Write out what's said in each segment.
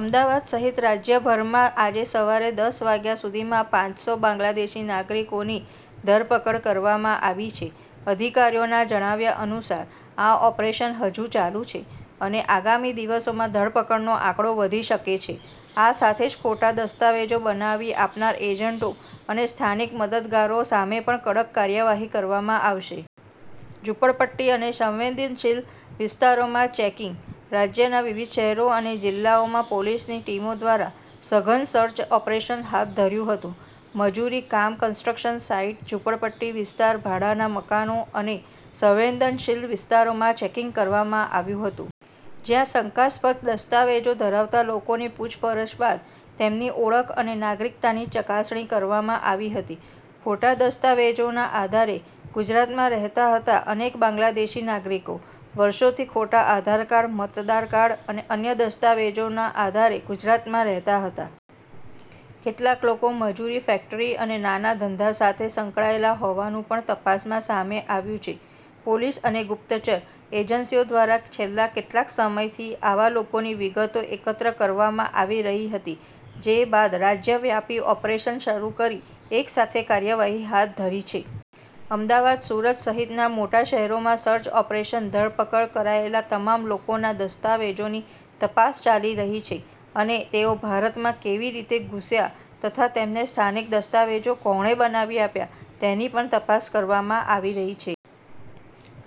અમદાવાદ સહિત રાજ્યભરમાં આજે સવારે દસ વાગ્યા સુધીમાં પાંચસો બાંગ્લાદેશી નાગરિકોની ધરપકડ કરવામાં આવી છે. અધિકારીઓના જણાવ્યા અનુસાર આ ઓપરેશન હજુ ચાલુ છે, અને આગામી દિવસોમાં ધરપકડનો આંકડો વધી શકે છે. આ સાથે જ ખોટા દસ્તાવેજો બનાવી આપનાર એજન્ટો અને સ્થાનિક મદદગારો સામે પણ કડક કાર્યવાહી કરવામાં આવશે. ઝૂંપડપટ્ટી અને સંવેદનશીલ વિસ્તારોમાં ચેકિંગ. રાજ્યના વિવિધ શહેરો અને જિલ્લાઓમાં પોલીસની ટીમો દ્વારા સઘન સર્ચ ઓપરેશન હાથ ધર્યું હતું. મજૂરી કામ, કન્સ્ટ્રક્શન સાઈટ, ઝૂંપડપટ્ટી વિસ્તાર, ભાડાના મકાનો અને સંવેદનશીલ વિસ્તારોમાં ચેકિંગ કરવામાં આવ્યું હતું. જ્યાં શંકાસ્પદ દસ્તાવેજો ધરાવતા લોકોની પૂછપરછ બાદ તેમની ઓળખ અને નાગરિકતાની ચકાસણી કરવામાં આવી હતી. ખોટા દસ્તાવેજોના આધારે ગુજરાતમાં રહેતા હતા અનેક બાંગ્લાદેશી નાગરિકો, વર્ષોથી ખોટા આધારકાર્ડ, મતદાર કાર્ડ અને અન્ય દસ્તાવેજોના આધારે ગુજરાતમાં રહેતા હતા. કેટલાક લોકો મજૂરી, ફેક્ટરી અને નાના ધંધા સાથે સંકળાયેલા હોવાનું પણ તપાસમાં સામે આવ્યું છે. પોલીસ અને ગુપ્તચર એજન્સીઓ દ્વારા છેલ્લા કેટલાક સમયથી આવા લોકોની વિગતો એકત્ર કરવામાં આવી રહી હતી. જે બાદ રાજ્યવ્યાપી ઓપરેશન શરૂ કરી એકસાથે કાર્યવાહી હાથ ધરી છે. અમદાવાદ, સુરત સહિતના મોટા શહેરોમાં સર્ચ ઓપરેશન ધરપકડ કરાયેલા તમામ લોકોના દસ્તાવેજોની તપાસ ચાલી રહી છે, અને તેઓ ભારતમાં કેવી રીતે ઘૂસ્યા, તથા તેમને સ્થાનિક દસ્તાવેજો કોણે બનાવી આપ્યા, તેની પણ તપાસ કરવામાં આવી રહી છે.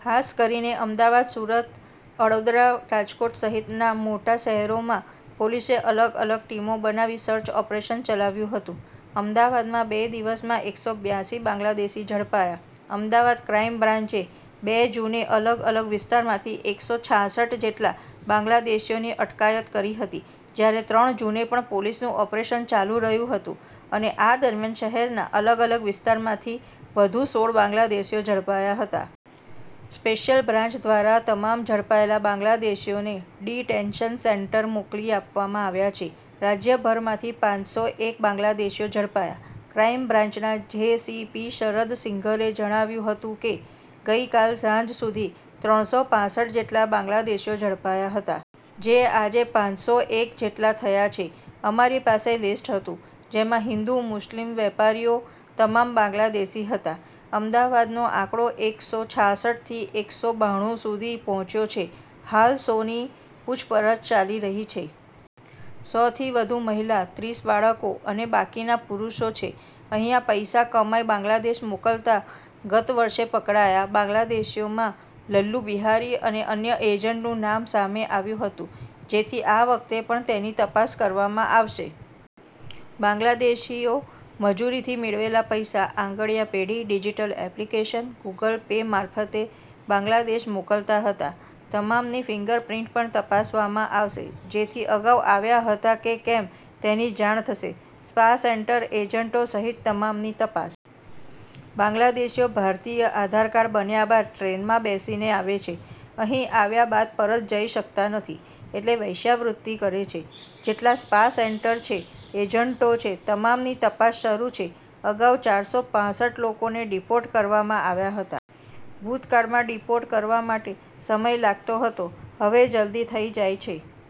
ખાસ કરીને અમદાવાદ, સુરત, વડોદરા, રાજકોટ સહિતના મોટા શહેરોમાં પોલીસે અલગ-અલગ ટીમો બનાવી સર્ચ ઓપરેશન ચલાવ્યું હતું. અમદાવાદમાં બે દિવસમાં એકસો બ્યાસી બાંગ્લાદેશી ઝડપાયા. અમદાવાદ ક્રાઈમ બ્રાન્ચે બે જૂને અલગ-અલગ વિસ્તારમાંથી એકસો છાસઠ જેટલા બાંગ્લાદેશીઓની અટકાયત કરી હતી, જ્યારે ત્રણ જૂને પણ પોલીસનું ઓપરેશન ચાલુ રહ્યું હતું, અને આ દરમિયાન શહેરના અલગ-અલગ વિસ્તારમાંથી વધુ સોળ બાંગ્લાદેશીઓ ઝડપાયા હતા. સ્પેશિયલ બ્રાન્ચ દ્વારા તમામ ઝડપાયેલા બાંગ્લાદેશીઓને ડિટેન્શન સેન્ટર મોકલી આપવામાં આવ્યા છે. રાજ્યભરમાંથી પાંચસો એક બાંગ્લાદેશીઓ ઝડપાયા. ક્રાઈમ બ્રાન્ચના જે.સી.પી. શરદ સિંઘલે જણાવ્યું હતું કે, ગઈકાલ સાંજ સુધી ત્રણસો પાસઠ જેટલા બાંગ્લાદેશીઓ ઝડપાયા હતા. જે આજે પાંચસો એક જેટલા થયા છે. અમારી પાસે લિસ્ટ હતું, જેમાં હિન્દુ, મુસ્લિમ, વેપારીઓ તમામ બાંગ્લાદેશી હતા. અમદાવાદનો આંકડો એકસો છાસઠ થી એકસો બાણું સુધી પહોંચ્યો છે. હાલ સોની પૂછપરછ ચાલી રહી છે. સો થી વધુ મહિલા, ત્રીસ બાળકો અને બાકીના પુરૂષો છે. અહીંયા પૈસા કમાઈ બાંગ્લાદેશ મોકલતા ગત વર્ષે પકડાયેલા બાંગ્લાદેશીઓમાં લલ્લુ બિહારી અને અન્ય એજન્ટનું નામ સામે આવ્યું હતું. જેથી આ વખતે પણ તેની તપાસ કરવામાં આવશે. બાંગ્લાદેશીઓ મજૂરીથી મેળવેલા પૈસા આંગડિયા પેઢી, ડિજિટલ એપ્લિકેશન, ગુગલ પે મારફતે બાંગ્લાદેશ મોકલતા હતા. તમામની ફિંગર પ્રિન્ટ પણ તપાસવામાં આવશે. જેથી અગાઉ આવ્યા હતા કે કેમ તેની જાણ થશે. સ્પા સેન્ટર, એજન્ટો સહિત તમામની તપાસ. બાંગ્લાદેશીઓ ભારતીય આધારકાર્ડ બન્યા બાદ ટ્રેનમાં બેસીને આવે છે. અહીં આવ્યા બાદ પરત જઈ શકતા નથી. એટલે વેશ્યાવૃત્તિ કરે છે. જેટલા સ્પા સેન્ટર છે, એજન્ટો છે તમામની તપાસ શરૂ છે. અગાઉ ચારસો પાસઠ લોકોને ડિપોર્ટ કરવામાં આવ્યા હતા. ભૂતકાળમાં ડિપોર્ટ કરવા માટે સમય લાગતો હતો. હવે જલદી થઈ જાય છે.